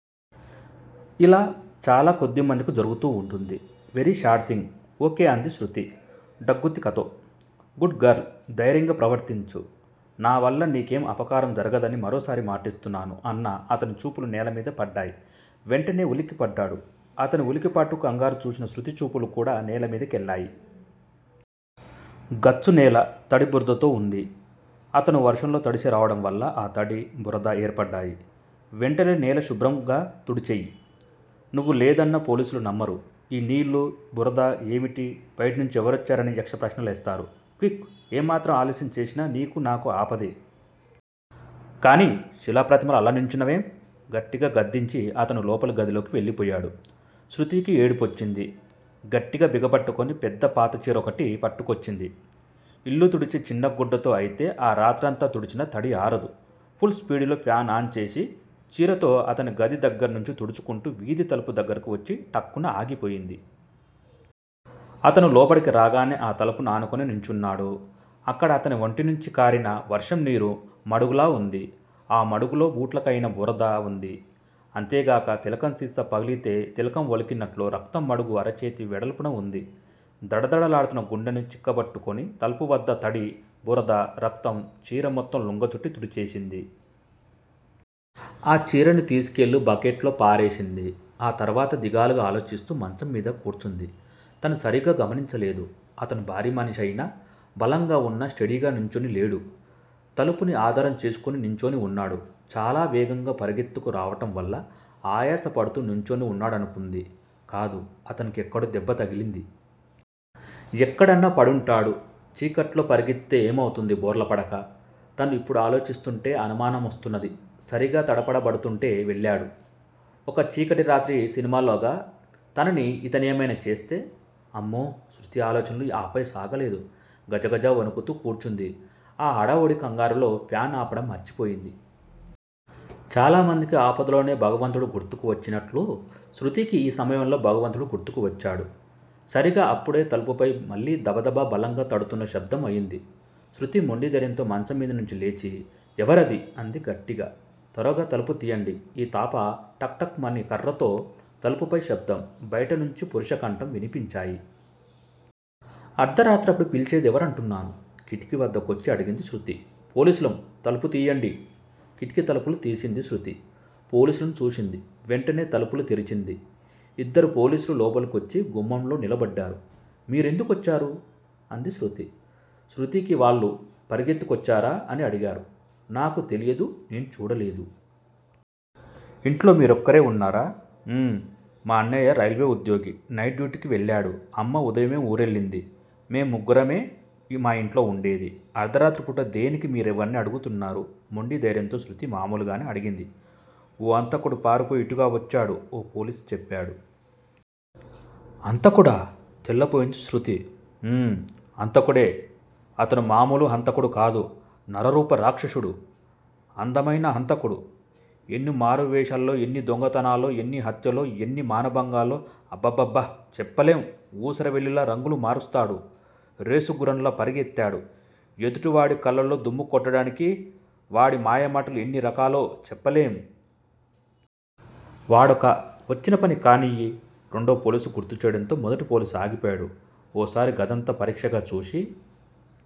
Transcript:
ఇలా చాలా కొద్దిమందికి జరుగుతూ ఉంటుంది. Very sad thing. Okay అంది శృతి డగ్గుత్తికతో. Good girl! ధైర్యంగా ప్రవర్తించు. నావల్ల నీకేం అపకారం జరగదని మరోసారి మాటిస్తున్నాను అన్న అతని చూపులు నేలమీద పడ్డాయి. వెంటనే ఉలిక్కిపడ్డాడు. అతని ఉలికిపాటు, కంగారుచూసిన శృతిచూపులుకూడా నేలమీద కెళ్ళాయి. గచ్చునేల తడి బురదతో వుంది. అతను వర్షంలో తడిసి రావడంవల్ల ఆ తడి, బురద ఏర్పడ్డాయి. వెంటనే నేల శుభ్రంగాతుడిచెయ్యి. నువ్వు లేదన్నా పోలీసులు నమ్మరు. ఈ నీళ్ళు, బురద ఏమిటి? బైటనుంచి ఎవరొచ్చారని యక్షప్రశ్నలేస్తారు. క్విక్. ఏమాత్రం ఆలస్యం చేసినా నీకు నాకు ఆపదే. కానియ్! శిలాప్రతిమలా అలా నుంచున్నావేం? గట్టిగా గద్దించి అతను లోపలి గదిలోకి వెళ్ళిపోయాడు. శృతికి ఏడుపోచ్చింది. గట్టిగా బిగపట్టుకొని పెద్ద పాతచెరొకటి పట్టుకొచ్చింది. ఇల్లు తుడిచే చిన్న గుడ్డతో అయితే ఆ రాత్రంతా తుడిచినా తడి ఆరదు. పుల్ స్పీడులో ఫ్యాను ఆన్ చేసి చీరతో అతని గది దగ్గరనుంచి తుడుచుకుంటూ వీధి తలుపు దగ్గరకు వచ్చి టక్కున ఆగిపోయింది. అతను లోపలికి రాగానే ఆ తలుపు నానుకునే నుంచున్నాడు. అక్కడ అతని వంటినుంచి కారిన వర్షం నీరు మడుగులా వుంది. ఆ మడుగులో బూట్లకయిన బురద వుంది అంతేగాక తిలకం సీసా పగిలితే తిలకం వలికినట్లు రక్తం మడుగు అరచేతి వెడల్పున వుంది. దడదడలాడుతున్న గుండెని చిక్కబట్టుకుని తలుపువద్ద తడి, బురద, రక్తం చీరమొత్తం లుంగజుట్టి తుడిచేసింది. ఆ చీరని తీసుకెళ్ళి బక్కెట్లోపారేసింది. ఆతర్వాత దిగాలుగా ఆలోచిస్తూ మంచంమీద కూర్చుంది. తను సరిగా గమనించలేదు. అతను భారీమనిషయినా, బలంగా వున్నా స్టేడీగా నుంచొని లేడు. తలుపుని ఆధారం చేసుకుని నించొని వున్నాడు. చాలా వేగంగా పరుగెత్తుకు రావటంవల్ల ఆయాసపడుతూ నుంచొని వున్నాడనుకుంది. కాదు అతనికెక్కడో దెబ్బతగిలింది. ఎక్కడన్నాపడుంటాడు. చీకట్లో పరిగెత్తితే ఏమవుతుంది, బోర్లాపడక. తను ఇప్పుడాలోచిస్తుంటే అనుమాన మొస్తున్నది. సరిగా తడపడబడుతుంటే వెళ్ళాడు. ఒక చీకటిరాత్రి సినిమాలోగా తనిని ఇతనేమైనా చేస్తే, అమ్మో! శృతి ఆలోచనలు ఆపై సాగలేదు. గజగజ వణుకుతూ కూర్చుంది. ఆ హడావుడి కంగారులో ఫాన్ ఆపడం మర్చి పోయింది. చాలామందికి ఆపదలోనే భగవంతుడు గుర్తుకు వచ్చినట్లు శృతికి ఈ సమయంలో భగవంతుడు గుర్తుకు వచ్చాడు. సరిగా అప్పుడే తలుపుపై మళ్ళీ దబదబ బలంగా తడుతున్న శబ్దం అయింది. శృతి మొండిదైర్యంతో మంచంమీదనుంచి లేచి ఎవరది? అంది గట్టిగా. త్వరగా తలుపుతీయండి. ఈ తఫా టక్ టక్ మని కర్రతో తలుపుపై శబ్దం, బైటనుంచి పురుషకంఠం వినిపించాయి. అర్థరాత్రప్పుడు పిలిచేది ఎవరంటున్నాను? కిటికీ వద్దకొచ్చి అడిగింది శృతి. పోలీసులం, తలుపుతీయండి. కిటికీ తలుపులు తీసింది శృతి, పోలీసులని చూసింది. వెంటనే తలుపులు తెరిచింది. ఇద్దరు పోలీసులు లోపలికొచ్చి గుమ్మంలో నిలబడ్డారు. మీ రెందుకొచ్చారు? అంది శృతి. శృతికి వాళ్ళు పరుగెత్తుకొచ్చారా? అని అడిగారు. నాకు తెలియదు నే చూడలేదు. ఇంట్లో మీరొక్కరే వున్నారా? ఊ మాఅన్నయ్య రైల్వేఉద్యోగి. నైట్ డ్యూటీకి వెళ్ళాడు. అమ్మ ఉదయమే ఊరెళ్ళింది. మేం ముగ్గురమే మా యింట్లో వుండేది. అర్థరాత్రిపూట దేనికి మీరివన్నీ అడుగుతున్నారు? మొండిధైర్యంతో శృతి మామూలుగానే అడిగింది. ఓ హంతకుడు పారిపోయి ఇటుగా వచ్చాడు ఓ పోలీసు చెప్పాడు. హంతకుడా? తెల్లబోయింది శృతి. ఊ! హంతకుడే-అతను మామూలు హంతకుడుకాదు నరరూపరాక్షిసుడు, అందమైన హంతకుడు! ఎన్ని మారువేశాలో, ఎన్ని దొంగతనాలో, ఎన్ని హత్యలో, ఎన్ని మానభంగాలో, అబ్బబ్బ చెప్పలేం. ఊసరవెల్లిలా రంగులు మారుస్తాడు, రేసుగుర్రంలా పరుగెత్తుతాడు. ఎదుటివాడి కళ్ళలో దుమ్ము కొట్టడానికి వాడి మాయమాటలు ఎన్ని రకాలో చెప్పలేం. వాడొక వచ్చినపని కానియ్యి రెండోపోలీసు గుర్తుచేయటంతో మొదటి పోలీసు ఆగిపోయాడు. ఓసారి గదంతా పరీక్షగా చూసి